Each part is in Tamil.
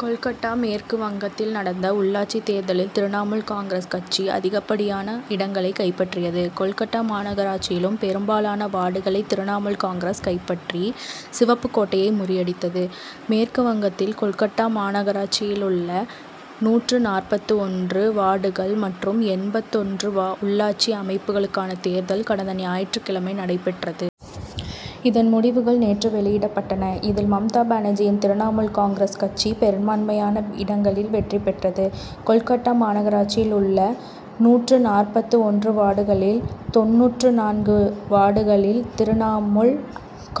கோல்கட்டா மேற்குவங்கத்தில் நடந்த உள்ளாட்சித் தேர்தலில் திரிணமுல் காங்கிரஸ்., கட்சி அதிகப்படியான இடங்களை கைப்பற்றியது. கோல்கட்டா மாநகராட்சியிலும் பெரும்பாலான வார்டுகளை திரிணமுல் காங்கிரஸ்., கைப்பற்றி, சிவப்புக் கோட்டை'யை முறியடித்தது. மேற்குவங்கத்தில் கோல்கட்டா மாநகராட்சியில் உள்ள நூற்று நாற்பத்து ஒன்று வார்டுகள் மற்றும் எண்பத்து ஒன்று உள்ளாட்சி அமைப்புகளுக்கான தேர்தல் கடந்த ஞாயிற்றுக் கிழமை நடைபெற்றது. இதன் முடிவுகள் நேற்று வெளியிடப்பட்டன. இதில், மம்தா பானர்ஜியின் திரிணமுல் காங்கிரஸ் கட்சி, பெரும்பான்மையான இடங்களில் வெற்றி பெற்றது. கோல்கட்டா மாநகராட்சியில் உள்ள நூற்று நாற்பத்து ஒன்று வார்டுகளில் தொண்ணூற்று நான்கு வார்டுகளில் திரிணமுல்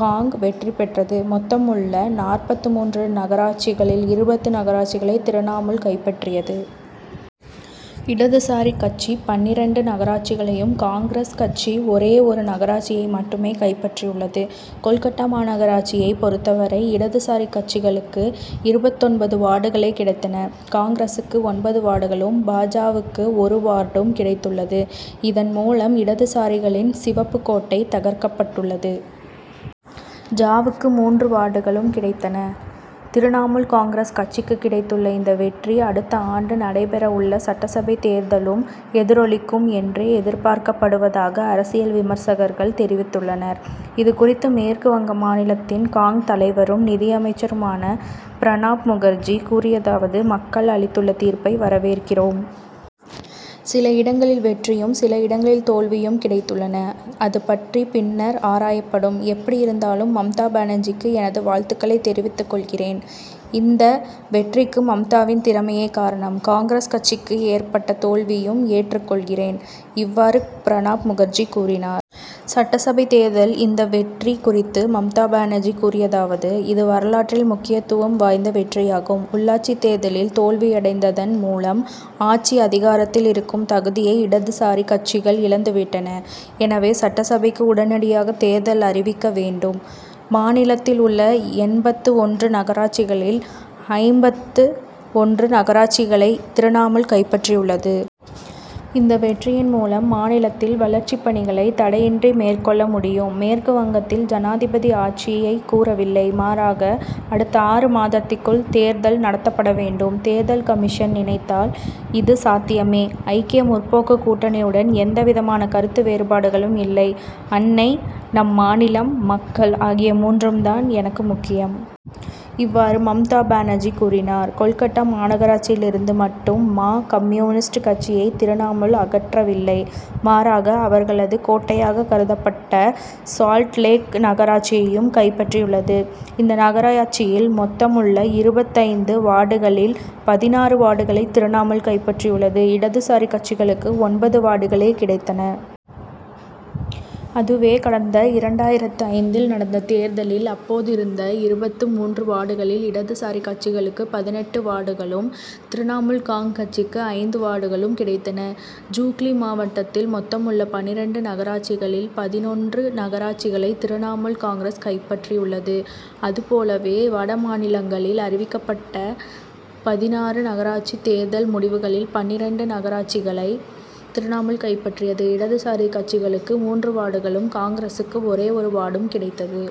காங்., வெற்றி பெற்றது. மொத்தமுள்ள நாற்பத்து மூன்று நகராட்சிகளில் இருபது நகராட்சிகளை திரிணமுல் கைப்பற்றியது. இடதுசாரி கட்சி பன்னிரண்டு நகராட்சிகளையும், காங்கிரஸ் கட்சி ஒரே ஒரு நகராட்சியை மட்டுமே கைப்பற்றியுள்ளது. கோல்கட்டா மாநகராட்சியைப் பொறுத்தவரை, இடதுசாரி கட்சிகளுக்கு இருபத்தொன்பது வார்டுகளே கிடைத்தன. காங்கிரசுக்கு ஒன்பது வார்டுகளும், பா. ஜ.,வுக்கு ஒரு வார்டும் கிடைத்துள்ளது. இதன் மூலம், இடதுசாரிகளின் சிவப்புக் கோட்டை தகர்க்கப்பட்டுள்ளது. ஜ.,வுக்கு மூன்று வார்டுகளும் கிடைத்தன. திரிணமுல் காங்கிரஸ் கட்சிக்கு கிடைத்துள்ள இந்த வெற்றி, அடுத்த ஆண்டு நடைபெறவுள்ள சட்டசபை தேர்தலும் எதிரொலிக்கும் என்றே எதிர்பார்க்கப்படுவதாக அரசியல் விமர்சகர்கள் தெரிவித்துள்ளனர். இது குறித்து மேற்கு வங்க மாநிலத்தின் காங்., தலைவரும், நிதியமைச்சருமான பிரணாப் முகர்ஜி கூறியதாவது மக்கள் அளித்துள்ள தீர்ப்பை வரவேற்கிறோம். சில இடங்களில் வெற்றியும், சில இடங்களில் தோல்வியும் கிடைத்துள்ளன. அது பற்றி பின்னர் ஆராயப்படும். எப்படியிருந்தாலும், மம்தா பானர்ஜிக்கு எனது வாழ்த்துக்களை தெரிவித்துக் கொள்கிறேன். இந்த வெற்றிக்கு மம்தாவின் திறமையே காரணம். காங்கிரஸ் கட்சிக்கு ஏற்பட்ட தோல்வியையும் ஏற்றுக் கொள்கிறேன். இவ்வாறு பிரணாப் முகர்ஜி கூறினார். சட்டசபை தேர்தல் இந்த வெற்றி குறித்து மம்தா பானர்ஜி கூறியதாவது இது வரலாற்றில் முக்கியத்துவம் வாய்ந்த வெற்றியாகும். உள்ளாட்சி தேர்தலில் தோல்வியடைந்ததன் மூலம், ஆட்சி அதிகாரத்தில் இருக்கும் தகுதியை இடதுசாரி கட்சிகள் இழந்துவிட்டன. எனவே, சட்டசபைக்கு உடனடியாக தேர்தல் அறிவிக்க வேண்டும். மாநிலத்தில் உள்ள எண்பத்து ஒன்று நகராட்சிகளில், ஐம்பத்து ஒன்று நகராட்சிகளை திரிணமுல் கைப்பற்றியுள்ளது. இந்த வெற்றியின் மூலம், மாநிலத்தில் வளர்ச்சிப்பணிகளை தடையின்றி மேற்கொள்ள முடியும். மேற்கு வங்கத்தில் ஜனாதிபதி ஆட்சியை கோரவில்லை, மாறாக அடுத்த ஆறு மாதத்திற்குள் தேர்தல் நடத்தப்பட வேண்டும். தேர்தல் கமிஷன் நினைத்தால் இது சாத்தியமே. ஐக்கிய முற்போக்கு கூட்டணியுடன் எந்தவிதமான கருத்து வேறுபாடுகளும் இல்லை. அன்னை, நம் மாநிலம், மக்கள் ஆகிய மூன்று தான் எனக்கு முக்கியம். இவ்வாறு மம்தா பானர்ஜி கூறினார். கோல்கட்டா மாநகராட்சியிலிருந்து மட்டும் மா. கம்யூனிஸ்ட் கட்சியை திரிணமுல் அகற்றவில்லை; மாறாக, அவர்களது கோட்டையாக கருதப்பட்ட சால்ட் லேக் நகராட்சியையும் கைப்பற்றியுள்ளது. இந்த நகராட்சியில், மொத்தமுள்ள இருபத்தைந்து வார்டுகளில் பதினாறு வார்டுகளை திரிணமுல் கைப்பற்றியுள்ளது. இடதுசாரி கட்சிகளுக்கு ஒன்பது வார்டுகளே கிடைத்தன. அதுவே, கடந்த இரண்டாயிரத்து ஐந்தில் நடந்த தேர்தலில், அப்போதிருந்த இருபத்து மூன்று வார்டுகளில் இடதுசாரி கட்சிகளுக்கு பதினெட்டு வார்டுகளும், திரிணமுல் காங்., கட்சிக்கு ஐந்து வார்டுகளும் கிடைத்தன. ஹூக்ளி மாவட்டத்தில், மொத்தமுள்ள பன்னிரண்டு நகராட்சிகளில் பதினொன்று நகராட்சிகளை திரிணமுல் காங்., கைப்பற்றியுள்ளது. அதுபோலவே, வட மாவட்டங்களில் அறிவிக்கப்பட்ட பதினாறு நகராட்சி தேர்தல் முடிவுகளில் பன்னிரண்டு நகராட்சிகளை திரிணமுல் கைப்பற்றியது. இடதுசாரி கட்சிகளுக்கு மூன்று வார்டுகளும், காங்கிரசுக்கு ஒரே ஒரு வார்டும் கிடைத்தது.